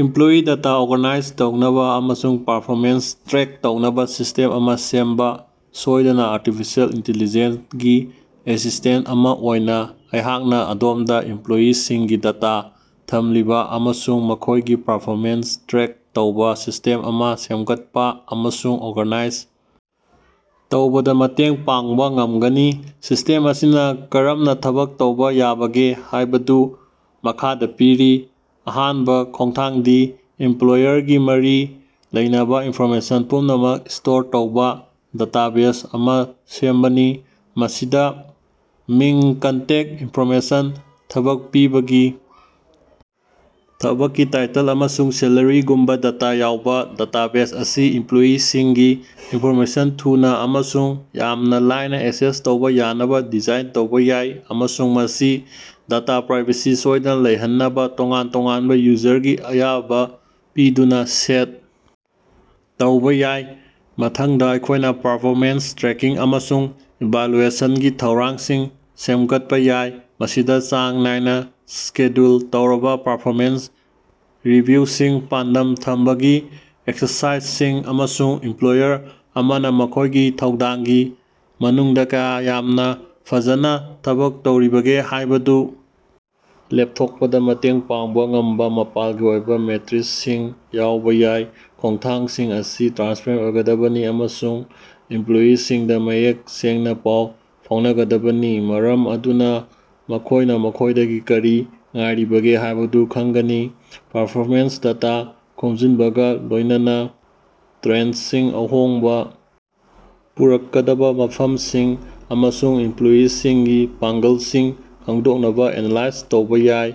Employee data organise ꯇꯧꯅꯕꯥ ꯑꯃꯁꯨꯡ performance track ꯇꯧꯅꯕꯥ ꯁꯤꯁ꯭ꯇꯦꯝ ꯑꯃꯥ ꯁꯦꯝꯕꯥ꯫ ꯁꯣꯏꯗꯅꯥ ꯑꯥꯔꯇꯤꯐꯤꯁꯤꯌꯦꯜ ꯏꯟꯇꯤꯂꯤꯖꯦꯟꯁ ꯒꯤ ꯑꯦꯁꯤꯁ꯭ꯇꯦꯟꯠ ꯑꯃꯥ ꯑꯣꯏꯅꯥ ꯑꯩꯍꯥꯛꯅꯥ ꯑꯗꯣꯝꯗꯥ ꯏꯝꯄ꯭ꯂꯣꯌꯤꯁꯤꯡꯒꯤ ꯗꯦꯇꯥ ꯊꯝꯂꯤꯕꯥ ꯑꯃꯁꯨꯡ ꯃꯈꯣꯏꯒꯤ ꯄꯔꯐꯣꯃꯦꯟꯁ ꯇ꯭ꯔꯦꯛ ꯇꯧꯕꯥ ꯁꯤꯁ꯭ꯇꯦꯝ ꯑꯃꯥ ꯁꯦꯝꯒꯠꯄꯥ ꯑꯃꯁꯨꯡ ꯑꯣꯔꯒꯅꯥꯏꯖ ꯇꯧꯕꯗꯥ ꯃꯇꯦꯡ ꯄꯥꯡꯕꯥ ꯉꯝꯒꯅꯤ꯫ ꯁꯤꯁ꯭ꯇꯦꯝ ꯑꯁꯤꯅꯥ ꯀꯔꯝꯅꯥ ꯊꯕꯛ ꯇꯧꯕꯥ ꯌꯥꯕꯒꯦ ꯍꯥꯏꯕꯗꯨ ꯃꯈꯥꯗꯥ ꯄꯤꯔꯤ ꯑꯍꯥꯟꯕꯥ ꯈꯣꯡꯊꯥꯡꯗꯤ ꯑꯦꯝꯄ꯭ꯂꯣꯌꯔꯒꯥ ꯃꯔꯤ ꯂꯩꯅꯕꯥ ꯏꯟꯐꯣꯔꯃꯦꯁꯟ ꯄꯨꯝꯅꯃꯛ ꯁ꯭ꯇꯣꯔ ꯇꯧꯕꯥ ꯌꯥꯕꯥ ꯗꯦꯇꯥꯕꯦꯖ ꯑꯃꯥ ꯁꯦꯝꯕꯅꯤ꯫ ꯃꯁꯤꯗꯥ ꯃꯤꯡ ꯀꯟꯇꯦꯛ ꯏꯟꯐꯣꯔꯃꯦꯁꯟ ꯊꯕꯛ ꯄꯤꯕꯒꯤ ꯇꯥꯡ ꯊꯕꯛꯀꯤ ꯇꯥꯏꯇꯜ ꯑꯃꯁꯨꯡ ꯁꯦꯂꯔꯤꯒꯨꯝꯕꯥ ꯗꯦꯇꯥ ꯌꯥꯎꯕꯥ ꯌꯥꯏ꯫ ꯗꯦꯇꯥꯕꯦꯖ ꯑꯁꯤ ꯏꯝꯄ꯭ꯂꯣꯌꯤꯁꯤꯡꯒꯤ ꯏꯟꯐꯣꯔꯃꯦꯁꯟ ꯊꯨꯅꯥ ꯑꯃꯁꯨꯡ ꯌꯥꯝꯅꯥ ꯂꯥꯏꯅꯥ ꯑꯦꯛꯁꯦꯁ ꯇꯧꯕꯥ ꯌꯥꯅꯕꯥ ꯗꯤꯖꯥꯏꯟ ꯇꯧꯕꯥ ꯌꯥꯏ ꯑꯃꯁꯨꯡ ꯃꯁꯤ ꯗꯦꯇꯥ ꯄ꯭ꯔꯥꯏꯚꯦꯁꯤ ꯁꯣꯏꯗꯅꯥ ꯂꯩꯍꯟꯅꯕꯥ ꯇꯣꯉꯥꯟ ꯇꯣꯉꯥꯟꯕꯥ ꯌꯨꯖꯔꯒꯤ ꯑꯌꯥꯕꯥ ꯄꯤꯗꯨꯅꯥ ꯁꯦꯠ ꯇꯧꯕꯥ ꯌꯥꯏ꯫ ꯃꯊꯪꯗꯥ ꯑꯩꯈꯣꯏꯅꯥ ꯄꯔꯐꯣꯃꯦꯟꯁ ꯇ꯭ꯔꯦꯀꯤꯡ ꯑꯃꯁꯨꯡ ꯏꯚꯥꯂꯨꯑꯦꯁꯟꯒꯤ ꯊꯧꯔꯥꯡꯁꯤꯡ ꯁꯦꯝꯒꯠꯄꯥ ꯌꯥꯏ꯫ ꯃꯁꯤꯗꯥ ꯆꯥꯡ ꯅꯥꯏꯅꯥ ꯁꯦꯗ꯭ꯌꯨꯜ ꯇꯧꯔꯕꯥ ꯄꯔꯐꯣꯃꯦꯟꯁ ꯔꯤꯚꯤꯌꯨꯁꯤꯡ ꯄꯥꯟꯗꯝ ꯊꯝꯕꯒꯤ ꯑꯦꯛꯁꯔꯁꯥꯏꯖꯁꯤꯡ ꯑꯃꯁꯨꯡ ꯑꯦꯝꯄ꯭ꯂꯣꯌꯔ ꯑꯃꯅꯥ ꯃꯈꯣꯏꯒꯤ ꯊꯧꯗꯥꯡꯒꯤ ꯃꯅꯨꯡꯗꯥ ꯀꯌꯥ ꯌꯥꯝꯅꯥ ꯐꯖꯅꯥ ꯊꯕꯛ ꯇꯧꯔꯤꯕꯒꯦ ꯍꯥꯏꯕꯗꯨ ꯂꯦꯞꯊꯣꯛꯄꯗꯥ ꯃꯇꯦꯡ ꯄꯥꯡꯕꯥ ꯉꯝꯕꯥ ꯃꯥꯄꯂꯒꯤ ꯑꯣꯏꯕꯥ ꯃꯦꯇ꯭ꯔꯤꯛꯁꯤꯡ ꯌꯥꯎꯕꯥ ꯌꯥꯏ꯫ ꯈꯣꯡꯊꯥꯡꯁꯤꯡ ꯑꯁꯤ ꯇ꯭ꯔꯥꯟꯁꯄꯔꯦꯟꯠ ꯑꯣꯏꯒꯗꯕꯅꯤ ꯑꯃꯁꯨꯡ ꯏꯝꯄ꯭ꯂꯣꯌꯤꯁꯤꯡꯗꯥ ꯃꯌꯦꯛ ꯁꯦꯡꯅꯥ ꯄꯥꯎ ꯐꯥꯎꯅꯒꯗꯕꯅꯤ ꯃꯔꯝ ꯑꯗꯨꯅꯥ ꯃꯈꯣꯏꯅꯥ ꯃꯈꯣꯏꯗꯒꯤ ꯀꯔꯤ ꯉꯥꯏꯔꯤꯕꯒꯦ ꯍꯥꯏꯕꯗꯨ ꯈꯪꯒꯅꯤ꯫ ꯄꯔꯐꯣꯃꯦꯟꯁ ꯗꯦꯇꯥ ꯈꯣꯝꯖꯤꯟꯕꯒꯥ ꯂꯣꯏꯅꯅꯥ ꯇ꯭ꯔꯦꯟꯗꯁꯤꯡ ꯑꯍꯣꯡꯕꯥ ꯄꯨꯔꯛꯀꯗꯕꯥ ꯃꯐꯝꯁꯤꯡ ꯑꯃꯁꯨꯡ ꯑꯦꯝꯄ꯭ꯂꯣꯌꯤꯁꯤꯡꯒꯤ ꯄꯥꯡꯒꯜꯁꯤꯡ ꯈꯪꯗꯣꯛꯅꯕꯥ ꯑꯦꯅꯥꯂꯥꯏꯖ ꯇꯧꯕꯥ ꯌꯥꯏ꯫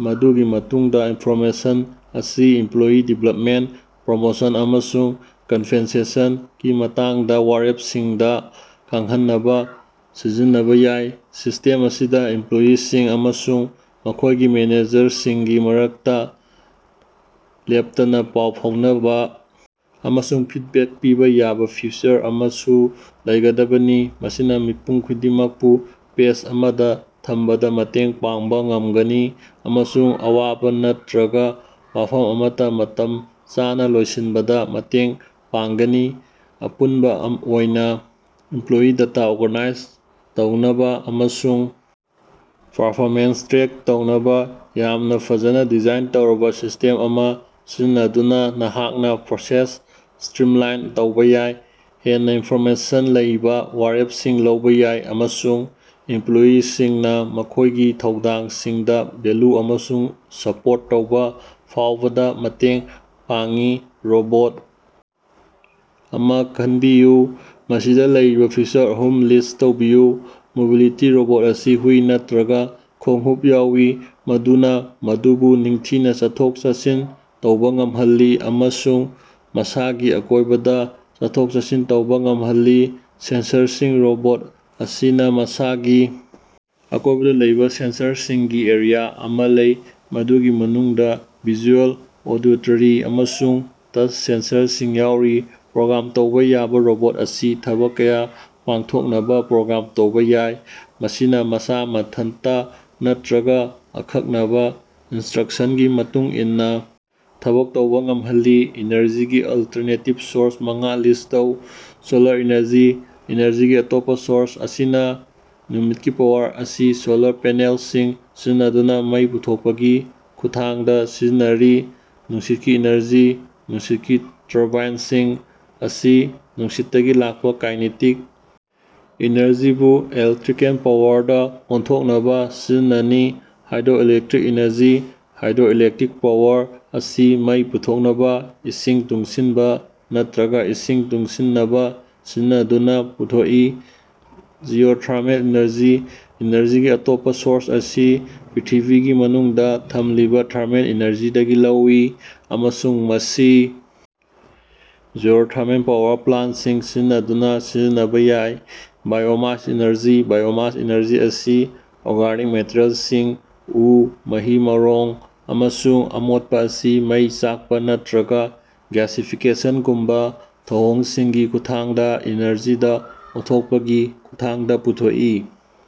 ꯃꯗꯨꯒꯤ ꯃꯇꯨꯡꯗꯥ ꯏꯟꯐꯣꯔꯃꯦꯁꯟ ꯑꯁꯤ ꯏꯝꯄ꯭ꯂꯣꯌꯤ ꯗꯤꯚꯦꯂꯄꯃꯦꯟꯠ ꯄ꯭ꯔꯣꯃꯣꯁꯟ ꯑꯃꯁꯨꯡ ꯀꯝꯄꯦꯟꯁꯦꯁꯟꯒꯤ ꯃꯇꯥꯡꯗꯥ ꯋꯥꯔꯦꯞꯁꯤꯡꯗꯥ ꯈꯪꯍꯟꯅꯕꯥ ꯁꯤꯖꯤꯟꯅꯕꯥ ꯌꯥꯏ꯫ ꯁꯤꯁ꯭ꯇꯦꯝ ꯑꯁꯤꯗꯥ ꯏꯝꯄ꯭ꯂꯣꯌꯤꯁꯤꯡ ꯑꯃꯁꯨꯡ ꯃꯈꯣꯏꯒꯤ ꯃꯦꯅꯦꯖꯔꯁꯤꯡꯒꯤ ꯃꯔꯛꯇꯥ ꯂꯦꯞꯇꯅꯥ ꯄꯥꯎ ꯐꯥꯎꯅꯕꯥ ꯑꯃꯁꯨꯡ ꯐꯤꯗꯕꯦꯛ ꯄꯤꯕꯥ ꯌꯥꯕꯥ ꯐꯤꯆꯔ ꯑꯃꯁꯨ ꯂꯩꯒꯗꯕꯅꯤ꯫ ꯃꯁꯤꯅꯥ ꯃꯤꯄꯨꯝ ꯈꯨꯗꯤꯡꯃꯛꯄꯨ ꯄꯦꯖ ꯑꯃꯗꯥ ꯊꯝꯕꯗꯥ ꯃꯇꯦꯡ ꯄꯥꯡꯕꯥ ꯉꯝꯒꯅꯤ ꯑꯃꯁꯨꯡ ꯑꯋꯥꯕꯥ ꯅꯠꯇ꯭ꯔꯒꯥ ꯋꯥꯐꯝ ꯑꯃꯠꯇꯥ ꯃꯇꯝ ꯆꯥꯅꯥ ꯂꯣꯏꯁꯤꯟꯕꯗꯥ ꯃꯇꯦꯡ ꯄꯥꯡꯒꯅꯤ꯫ ꯑꯄꯨꯟꯕꯥ ꯑꯣꯏꯅ ꯏꯝꯄ꯭ꯂꯣꯌꯤ ꯗꯦꯇꯥ ꯑꯣꯔꯒꯥꯅꯥꯏꯖ ꯇꯧꯅꯕꯥ ꯑꯃꯁꯨꯡ ꯄꯔꯐꯣꯃꯦꯟꯁ ꯇ꯭ꯔꯦꯛ ꯇꯧꯅꯕꯥ ꯌꯥꯝꯅꯥ ꯐꯖꯅꯥ ꯗꯤꯖꯥꯏꯟ ꯇꯧꯔꯕꯥ ꯁꯤꯁ꯭ꯇꯦꯝ ꯑꯃꯥ ꯁꯤꯖꯤꯟꯅꯗꯨꯅꯥ ꯅꯍꯥꯛꯅꯥ ꯄ꯭ꯔꯣꯁꯦꯁꯁꯤꯡ ꯁ꯭ꯇꯔꯤꯝꯂꯥꯏꯟ ꯇꯧꯕꯥ ꯌꯥꯏ ꯍꯦꯟꯅꯥ ꯏꯟꯐꯣꯔꯃꯦꯁꯟ ꯂꯩꯕꯥ ꯋꯥꯔꯦꯞꯁꯤꯡ ꯂꯧꯕꯥ ꯌꯥꯏ ꯑꯃꯁꯨꯡ ꯏꯝꯄ꯭ꯂꯣꯌꯤꯁꯤꯡꯅꯥ ꯃꯈꯣꯏꯒꯤ ꯊꯧꯗꯥꯡꯁꯤꯡꯗꯥ ꯚꯦꯜꯌꯨ ꯑꯃꯁꯨꯡ ꯁꯄꯣꯔꯠ ꯇꯧꯕꯥ ꯐꯥꯎꯕꯗꯥ ꯃꯇꯦꯡ ꯄꯥꯡꯏ꯫ ꯔꯣꯕꯣꯠ ꯑꯃꯥ ꯈꯟꯕꯤꯌꯨ꯫ ꯃꯁꯤꯗꯥ ꯂꯩꯔꯤꯕꯥ ꯐꯤꯆꯔ ꯑꯍꯨꯝ ꯂꯤꯁ꯭ꯠ ꯇꯧꯕꯤꯌꯨ꯫ ꯃꯣꯕꯤꯂꯤꯇꯤ ꯔꯣꯕꯣꯠ ꯑꯁꯤ ꯍꯨꯏ ꯅꯠꯇ꯭ꯔꯒꯥ ꯈꯣꯡꯎꯞ ꯌꯥꯎꯏ ꯃꯗꯨꯅꯥ ꯃꯗꯨꯕꯨ ꯅꯤꯡꯊꯤꯅꯥ ꯆꯠꯊꯣꯛ ꯆꯠꯁꯤꯟ ꯇꯧꯕꯥ ꯉꯝꯍꯜꯂꯤ ꯑꯃꯁꯨꯡ ꯃꯁꯥꯒꯤ ꯑꯀꯣꯏꯕꯗꯥ ꯆꯠꯊꯣꯛ ꯆꯠꯁꯤꯟ ꯇꯧꯕꯥ ꯉꯝꯍꯜꯂꯤ꯫ ꯁꯦꯟꯁꯔꯁꯤꯡ ꯔꯣꯕꯣꯠ ꯑꯁꯤꯅꯥ ꯃꯁꯥꯒꯤ ꯑꯀꯣꯏꯕꯗꯥ ꯂꯩꯕꯥ ꯁꯦꯟꯁꯔꯁꯤꯡꯒꯤ ꯑꯦꯔꯦ ꯑꯃꯥ ꯂꯩ ꯃꯗꯨꯒꯤ ꯃꯅꯨꯡꯗꯥ ꯚꯤꯖꯨꯑꯦꯜ ꯑꯣꯗꯤꯇꯣꯔꯤ ꯑꯃꯁꯨꯡ ꯇꯆ ꯁꯦꯟꯁꯔꯁꯤꯡ ꯌꯥꯎꯔꯤ꯫ ꯄ꯭ꯔꯣꯒ꯭ꯔꯥꯝ ꯇꯧꯕꯥ ꯌꯥꯕꯥ ꯔꯣꯕꯣꯠ ꯑꯁꯤ ꯊꯕꯛ ꯀꯌꯥ ꯄꯥꯡꯊꯣꯛꯅꯕꯥ ꯄ꯭ꯔꯣꯒ꯭ꯔꯥꯝ ꯇꯧꯕꯥ ꯌꯥꯏ, ꯃꯁꯤꯅꯥ ꯃꯁꯥ ꯃꯊꯟꯇꯥ ꯅꯠꯇ꯭ꯔꯒꯥ ꯑꯀꯛꯅꯕꯥ ꯏꯅꯁ꯭ꯇꯔꯛꯁꯟꯒꯤ ꯃꯇꯨꯡ ꯏꯟꯅꯥ ꯊꯕꯛ ꯇꯧꯕꯥ ꯉꯝꯍꯜꯂꯤ꯫ ꯑꯦꯅꯔꯖꯤꯒꯤ ꯑꯜꯇꯔꯅꯦꯇꯤꯚ ꯁꯣꯔꯁ ꯃꯉꯥ ꯂꯤꯁ꯭ꯠ ꯇꯧ꯫ ꯁꯣꯂꯥꯔ ꯏꯅꯔꯖꯤ ꯏꯅꯔꯖꯤꯒꯤ ꯑꯇꯣꯞꯄꯥ ꯁꯣꯔꯁ ꯑꯁꯤꯅꯥ ꯅꯨꯃꯤꯠꯀꯤ ꯄꯥꯋꯔ ꯑꯁꯤ ꯁꯣꯂꯥꯔ ꯄꯦꯅꯦꯜꯁꯤꯡ ꯁꯤꯖꯤꯟꯅꯗꯨꯅꯥ ꯃꯩ ꯄꯨꯊꯣꯛꯄꯒꯤ ꯈꯨꯠꯊꯥꯡꯗꯥ ꯁꯤꯖꯤꯟꯅꯔꯤ꯫ ꯅꯨꯡꯁꯤꯠꯀꯤ ꯏꯅꯔꯖꯤ ꯅꯨꯡꯁꯤꯠꯀꯤ ꯇꯔꯕꯥꯏꯟꯁꯤꯡ ꯑꯁꯤ ꯅꯨꯡꯁꯤꯠꯇꯒꯤ ꯂꯥꯛꯄꯥ ꯀꯥꯏꯅꯦꯇꯤꯛ ꯑꯦꯅꯔꯖꯤꯕꯨ ꯏꯂꯦꯛꯇ꯭ꯔꯤꯀꯦꯜ ꯄꯥꯋꯔꯗꯥ ꯑꯣꯟꯊꯣꯛꯅꯕꯥ ꯁꯤꯖꯤꯟꯅꯩ꯫ ꯍꯥꯏꯗ꯭ꯔꯣꯏꯂꯦꯛꯇ꯭ꯔꯤꯛ ꯏꯅꯔꯖꯤ ꯍꯥꯏꯗ꯭ꯔꯣꯏꯂꯦꯛꯇ꯭ꯔꯤꯛ ꯄꯥꯋꯔ ꯑꯁꯤ ꯃꯩ ꯄꯨꯊꯣꯛꯅꯕꯥ ꯏꯁꯤꯡ ꯇꯨꯡꯁꯤꯟꯕꯥ ꯅꯠꯇ꯭ꯔꯒꯥ ꯏꯁꯤꯡ ꯇꯨꯡꯁꯤꯅꯕꯥ ꯁꯤꯖꯤꯟꯅꯗꯨꯅꯥ ꯄꯨꯊꯣꯛꯏ꯫ ꯖꯤꯑꯣꯊꯔꯃꯦꯜ ꯏꯅꯔꯖꯤ ꯏꯅꯔꯖꯤꯒꯤ ꯑꯇꯣꯞꯄꯥ ꯁꯣꯔꯁ ꯑꯁꯤ ꯄ꯭ꯔ꯭ꯤꯊꯤꯕꯤꯒꯤ ꯃꯅꯨꯡꯗꯥ ꯊꯝꯂꯤꯕꯥ ꯊꯔꯃꯦꯜ ꯑꯦꯅꯔꯖꯤꯗꯒꯤ ꯂꯧꯏ ꯑꯃꯁꯨꯡ ꯃꯁꯤ ꯖꯤꯑꯣꯊꯔꯃꯦꯜ ꯄꯥꯋꯔ ꯄ꯭ꯂꯥꯟꯠꯁꯤꯡ ꯁꯤꯖꯤꯟꯅꯗꯨꯅꯥ ꯁꯤꯖꯤꯟꯅꯕꯥ ꯌꯥꯏ꯫ ꯕꯥꯏꯑꯣꯃꯥꯁ ꯑꯦꯅꯔꯖꯤ ꯕꯥꯏꯑꯣꯃꯥꯁ ꯑꯦꯅꯔꯖꯤ ꯑꯁꯤ ꯑꯣꯔꯒꯥꯅꯤꯛ ꯃꯦꯇꯔꯤꯑꯦꯜꯁꯤꯡ ꯎ ꯃꯍꯩ ꯃꯔꯣꯡ ꯑꯃꯁꯨꯡ ꯑꯃꯣꯠꯄꯥ ꯑꯁꯤ ꯃꯩ ꯆꯥꯛꯄꯥ ꯅꯠꯇ꯭ꯔꯒꯥ ꯒ꯭ꯌꯥꯁꯤꯐꯤꯀꯦꯁꯟꯒꯨꯝꯕꯥ ꯊꯧꯑꯣꯡꯁꯤꯡꯒꯤ ꯈꯨꯠꯊꯥꯡꯗꯥ ꯑꯦꯅꯔꯖꯤꯗꯥ ꯑꯣꯟꯊꯣꯛꯄꯒꯤ ꯈꯨꯠꯊꯥꯡꯗꯥ ꯄꯨꯊꯣꯛꯏ꯫